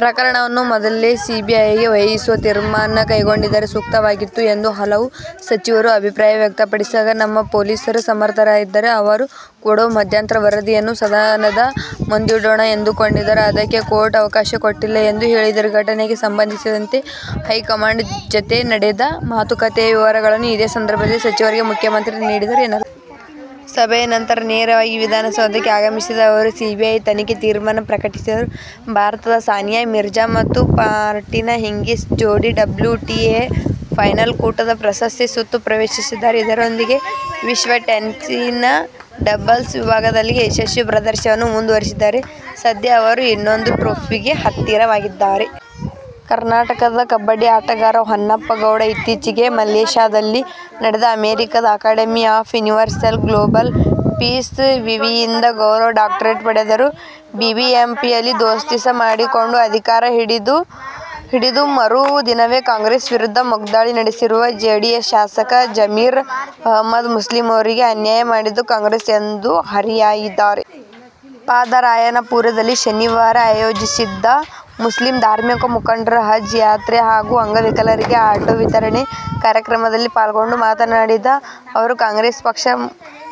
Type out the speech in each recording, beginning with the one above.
ಪ್ರಕರಣವನ್ನು ಮೊದಲೇ ಸಿಬಿಐಗೆ ವಹಿಸುವ ತೀರ್ಮಾನ ಕೈಗೊಂಡಿದ್ದರೆ ಸೂಕ್ತವಾಗಿರುತ್ತಿತ್ತು ಎಂದು ಹಲವು ಸಚಿವರು ಅಭಿಪ್ರಾಯ ವ್ಯಕ್ತಪಡಿದಾಗ, ನಮ್ಮ ಪೊಲೀಸರೂ ಸಮರ್ಥರಿದ್ದಾರೆ. ಅವರು ಕೊಡುವ ಮಧ್ಯಂತರ ವರದಿಯನ್ನು ಸದನದ ಮುಂದಿಡೋಣ ಎಂದುಕೊಂಡಿದ್ದೆ. ಅದಕ್ಕೆ ಕೋರ್ಟ್ ಅವಕಾಶ ಕೊಟ್ಟಿಲ್ಲ ಎಂದು ಹೇಳಿದರು. ಘಟನೆಗೆ ಸಂಬಂಧಿಸಿದಂತೆ ಹೈಕಮಾಂಡ್ ಜತೆ ನಡೆದ ಮಾತುಕತೆಯ ವಿವರಗಳನ್ನೂ ಇದೇ ಸಂದರ್ಭದಲ್ಲಿ ಸಚಿವರಿಗೆ ಮುಖ್ಯಮಂತ್ರಿ ನೀಡಿದರು ಎನ್ನಲಾಗಿದೆ. ಸಭೆಯ ನಂತರ ನೇರವಾಗಿ ವಿಧಾನಸೌಧಕ್ಕೆ ಆಗಮಿಸಿದ ಅವರು ಸಿಬಿಐ ತನಿಖೆ ತೀರ್ಮಾನ ಪ್ರಕಟಿಸಿದರು. ಭಾರತದ ಸಾನಿಯಾ ಮಿರ್ಜಾ ಮತ್ತು ಮಾರ್ಟಿನಾ ಹಿಂಗಿಸ್ ಜೋಡಿ ಡಬ್ಲ್ಯೂಟಿಎ ಫೈನಲ್ ಕೂಟದ ಪ್ರಶಸ್ತಿ ಸುತ್ತು ಪ್ರವೇಶಿಸಿದ್ದಾರೆ. ಇದರೊಂದಿಗೆ ವಿಶ್ವ ಟೆನ್ನಿಸ್ನ ಡಬಲ್ಸ್ ವಿಭಾಗದಲ್ಲಿ ಯಶಸ್ವಿ ಪ್ರದರ್ಶನವನ್ನು ಮುಂದುವರಿಸಿದ್ದಾರೆ. ಸದ್ಯ ಅವರು ಇನ್ನೊಂದು ಟ್ರೋಫಿಗೆ ಹತ್ತಿರವಾಗಿದ್ದಾರೆ. ಕರ್ನಾಟಕದ ಕಬಡ್ಡಿ ಆಟಗಾರ ಹೊನ್ನಪ್ಪ ಗೌಡ ಇತ್ತೀಚಿಗೆ ಮಲೇಶ್ಯಾದಲ್ಲಿ ನಡೆದ ಅಮೆರಿಕದ "Academy of Universal Global Peace' ವಿವಿಯಿಂದ ಗೌರವ ಡಾಕ್ಟರೇಟ್ ಪಡೆದರು. ಬಿಬಿಎಂಪಿಯಲ್ಲಿ ದೋಸ್ತಿ ಮಾಡಿಕೊಂಡು ಅಧಿಕಾರ ಹಿಡಿದ ಮರು ದಿನವೇ ಕಾಂಗ್ರೆಸ್ ವಿರುದ್ಧ ವಾಗ್ಧಾಳಿ ನಡೆಸಿರುವ ಜೆಡಿಎಸ್ ಶಾಸಕ ಜಮೀರ್ ಅಹಮದ್, ಮುಸ್ಲಿಮರಿಗೆ ಅನ್ಯಾಯ ಮಾಡಿದ್ದು ಕಾಂಗ್ರೆಸ್ ಎಂದು ಹರಿಹಾಯ್ದಿದ್ದಾರೆ. ಪಾದರಾಯನಪುರದಲ್ಲಿ ಶನಿವಾರ ಆಯೋಜಿಸಿದ್ದ ಮುಸ್ಲಿಂ ಧಾರ್ಮಿಕ ಮುಖಂಡರ ಹಜ್ ಯಾತ್ರೆ ಹಾಗೂ ಅಂಗವಿಕಲರಿಗೆ ಆಟೋ ವಿತರಣೆ ಕಾರ್ಯಕ್ರಮದಲ್ಲಿ ಪಾಲ್ಗೊಂಡು ಮಾತನಾಡಿದ ಅವರು, ಕಾಂಗ್ರೆಸ್ ಪಕ್ಷ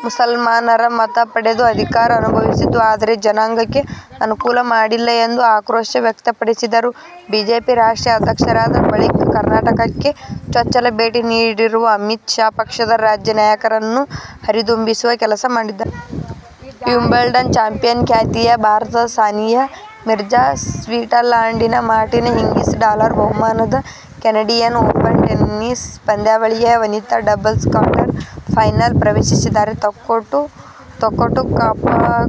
ಮುಸಲ್ಮಾನರ ಮತ ಪಡೆದು ಅಧಿಕಾರ ಅನುಭವಿಸಿತು. ಆದರೆ, ಜನಾಂಗಕ್ಕೆ ಅನುಕೂಲ ಮಾಡಿಲ್ಲ ಎಂದು ಆಕ್ರೋಶ ವ್ಯಕ್ತಪಡಿಸಿದರು. ಬಿಜೆಪಿ ರಾಷ್ಟ್ರೀಯ ಅಧ್ಯಕ್ಷರಾದ ಬಳಿಕ ಕರ್ನಾಟಕಕ್ಕೆ ಚೊಚ್ಚಲ ಭೇಟಿ ನೀಡಿರುವ ಅಮಿತ್ ಶಾ, ಪಕ್ಷದ ರಾಜ್ಯ ನಾಯಕರನ್ನು ಹುರಿದುಂಬಿಸುವ ಕೆಲಸ ಮಾಡಿದ್ದಾರೆ. ವಿಂಬಲ್ಡನ್ ಚಾಂಪಿಯನ್ ಖ್ಯಾತಿಯ ಭಾರತದ ಸಾನಿಯಾ ಮಿರ್ಜಾ-ಸ್ವಿಟ್ಸರ್ಲ್ಯಾಂಡಿನ ಮಾರ್ಟಿನಾ ಹಿಂಗಿಸ್ ಡಾಲರ್ ಬಹುಮಾನದ ಕೆನಡಿಯನ್ ಓಪನ್ ಟೆನಿಸ್ ಪಂದ್ಯಾವಳಿಯ ವನಿತಾ ಡಬಲ್ಸ್ ಕ್ವಾರ್ಟರ್ ಫೈನಲ್ ಪ್ರವೇಶಿಸಿದ್ದಾರೆ. ತೊಕ್ಕೊಟ್ಟು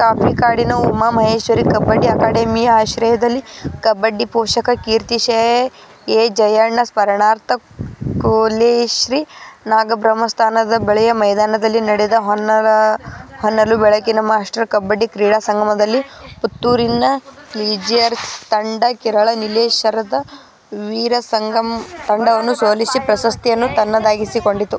ಕಾಪಿಕಾಡಿನ ಉಮಾ ಮಹೇಶ್ವರೀ ಕಬಡ್ಡಿ ಅಕಾಡೆಮಿಯ ಆಶ್ರಯದಲ್ಲಿ ಕಬಡ್ಡಿ ಪೋಷಕ ಕೀರ್ತಿಶೇಷ ಎ. ಜಯಣ್ಣ ಸ್ಮರಣಾರ್ಥ ಕೊಲ್ಯಶ್ರೀ ನಾಗಬ್ರಹ್ಮಸ್ಥಾನದ ಬಳಿಯ ಮೈದಾನದಲ್ಲಿ ನಡೆದ ಹೊನಲು ಬೆಳಕಿನ ಮಾಸ್ಟರ್ ಕಬಡ್ಡಿ ಕ್ರೀಡಾ ಸಂಗಮದಲ್ಲಿ ಪುತ್ತೂರಿನ ಸಿಝ್ಲರ್ಸ್ ತಂಡ ಕೇರಳ ನೀಲೇಶ್ವರದ ವೀರಸಂಘಮ್ ತಂಡವನ್ನು ಸೋಲಿಸಿ ಪ್ರಶಸ್ತಿಯನ್ನು ತನ್ನದಾಗಿಸಿಕೊಂಡಿತು.